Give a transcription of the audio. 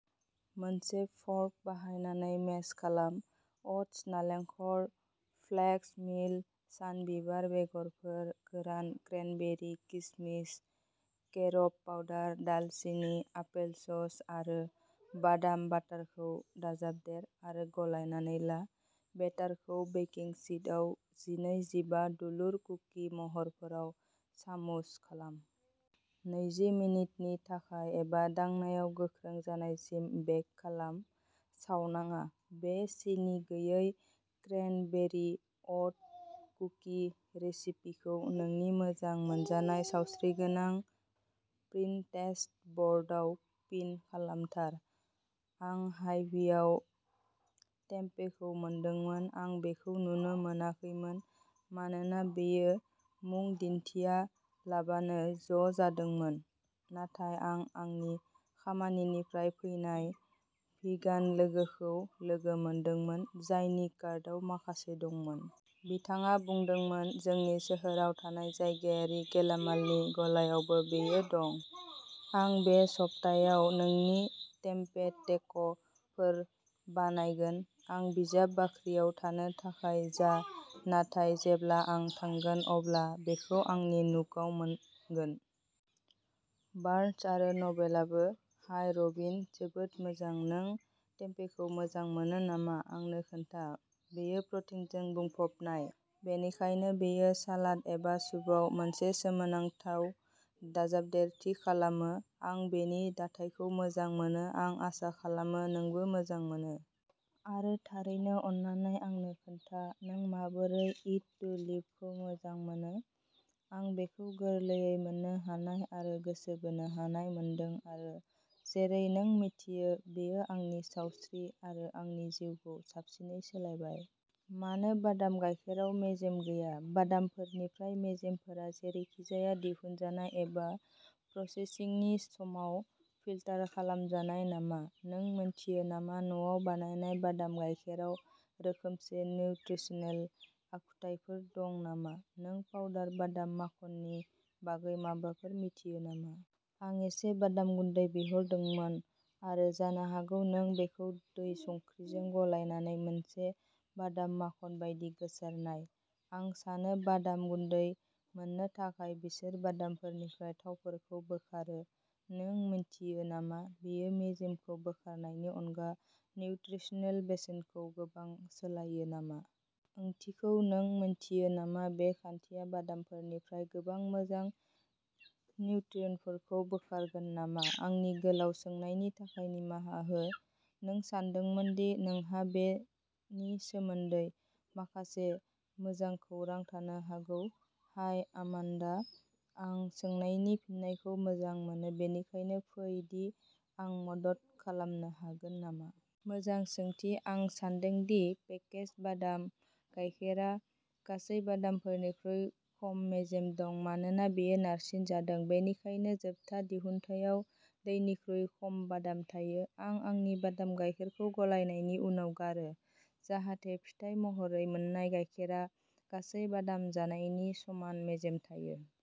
मोनसे फर्क बाहायनानै मेस खालाम। अट्स, नालेंखर, फ्लेक्स मिल, सानबिबार बेगरफोर, गोरान क्रेनबेरि, किसमिस, केरब पाउडार, दालसिनि, आपेलसस आरो बादाम बाटारखौ दाजाबदेर आरो गलायनानै ला। बेटारखौ बेकिं शीटआव जिनै जिबा दुलुर कुकि महरफोराव सामुस खालाम। नैजि मिनिटनि थाखाय एबा दांनायाव गोख्रों जानायसिम बेक खालाम। सावनाङा। बे सिनि गैयै क्रेनबेरि अट कुकि रेसिपिखौ नोंनि मोजां मोनजानाय सावस्रिगोनां पिनट्रेस्ट बर्डआव पिन खालामथार। आं हाइभिआव टेम्पेखौ मोनदोंमोन, आं बेखौ नुनो मोनाखैमोन मानोना बेयो मुं दिन्थियालाबानो ज' जादोंमोन, नाथाय आं आंनि खामानिनिफ्राय फैनाय भिगान लोगोखौ लोगो मोनदोंमोन, जायनि कार्टआव माखासे दंमोन। बिथाङा बुंदोंमोन जोंनि सोहोराव थानाय जायगायारि गेलामालनि गलायावबो बेयो दं, आं बे सप्तायाव नोंनि टेम्पे टेक' फोर बानायगोन। आं बिजाब बाख्रियाव थानो थाखाय जा, नाथाय जेब्ला आं थांगोन अब्ला बेखौ आंनि नुकआव मोनगोन। बार्न्स आरो नबेलाबो। हाय रबिन! जोबोद मोजां, नों टेम्पेखौ मोजां मोनो नामा आंनो खोन्था। बेयो प्रटिनजों बुंफबनाय, बेनिखायनो बेयो सालाद एबा सुपआव मोनसे सोमोनांथाव दाजाबदेरथि खालामो। आं बेनि दाथायखौ मोजां मोनो, आं आसा खालामो नोंबो मोजां मोनो। आरो थारैनो, अन्नानै आंनो खोन्था नों माबोरै इट टु लिभखौ मोजां मोनो। आं बेखौ गोरलैयै मोननो हानाय आरो गोसो बोनो हानाय मोनदों आरो, जेरै नों मिथियो, बेयो आंनि सावस्रि आरो आंनि जिउखौ साबसिनै सोलायबाय। मानो बादाम गायखेराव मेजेम गैया? बादामफोरनिफ्राय मेजेमफोरा जेरैखिजाया दिहुनजानाय एबा प्रसेसिंनि समाव फिल्टार खालामजानाय नामा? नों मिन्थियो नामा न'आव बानायनाय बादाम गायखेराव रोखोमसे निउत्रिसनेल आखुथायफोर दं नामा? नों पाउडार बादाम माखननि बागै माबाफोर मिथियो नामा? आं इसे बादाम गुन्दै बिहरदोंमोन, आरो जानो हागौ नों बेखौ दै संख्रिजों गलायनानै मोनसे बादाम माखन बायदि गोसारनाय। आं सानो बादाम गुन्दै मोननो थाखाय बिसोर बादामफोरनिफ्राय थावफोरखौ बोखारो। नों मिन्थियो नामा, बेयो मेजेमखौ बोखारनायनि अनगा निउत्रिसनेल बेसेनखौ गोबां सोलायो नामा? ओंथिखौ नों मिन्थियो नामा, बे खान्थिया बादामफोरनिफ्राय गोबां मोजां निउट्रियन्टफोरखौ बोखारगोन नामा? आंनि गोलाव सोंनायनि थाखाय निमाहा हो, नों सानदोंमोन दि नोंहा बेनि सोमोन्दै माखासे मोजां खौरां थानो हागौ। हाय आमान्डा! आं सोंनायनि फिननायखौ मोजां मोनो, बेनिखायनो फै दि आं मदद खालामनो हागोन नामा। मोजां सोंथि! आं सान्दों दि पेकेज्ड बादाम गायखेरा गासै बादामफोरनिख्रुइ खम मेजेम दं मानोना बेयो नारसिनजादों। बेनिखायनो, जोबथा दिहुनथायाव दैनिख्रुइ खम बादाम थायो। आं आंनि बादाम गायखेरखौ गलायनायनि उनाव गारो, जाहाथे फिथाय महरै मोननाय गायखेरा गासै बादाम जानायनि समान मेजेम थायो।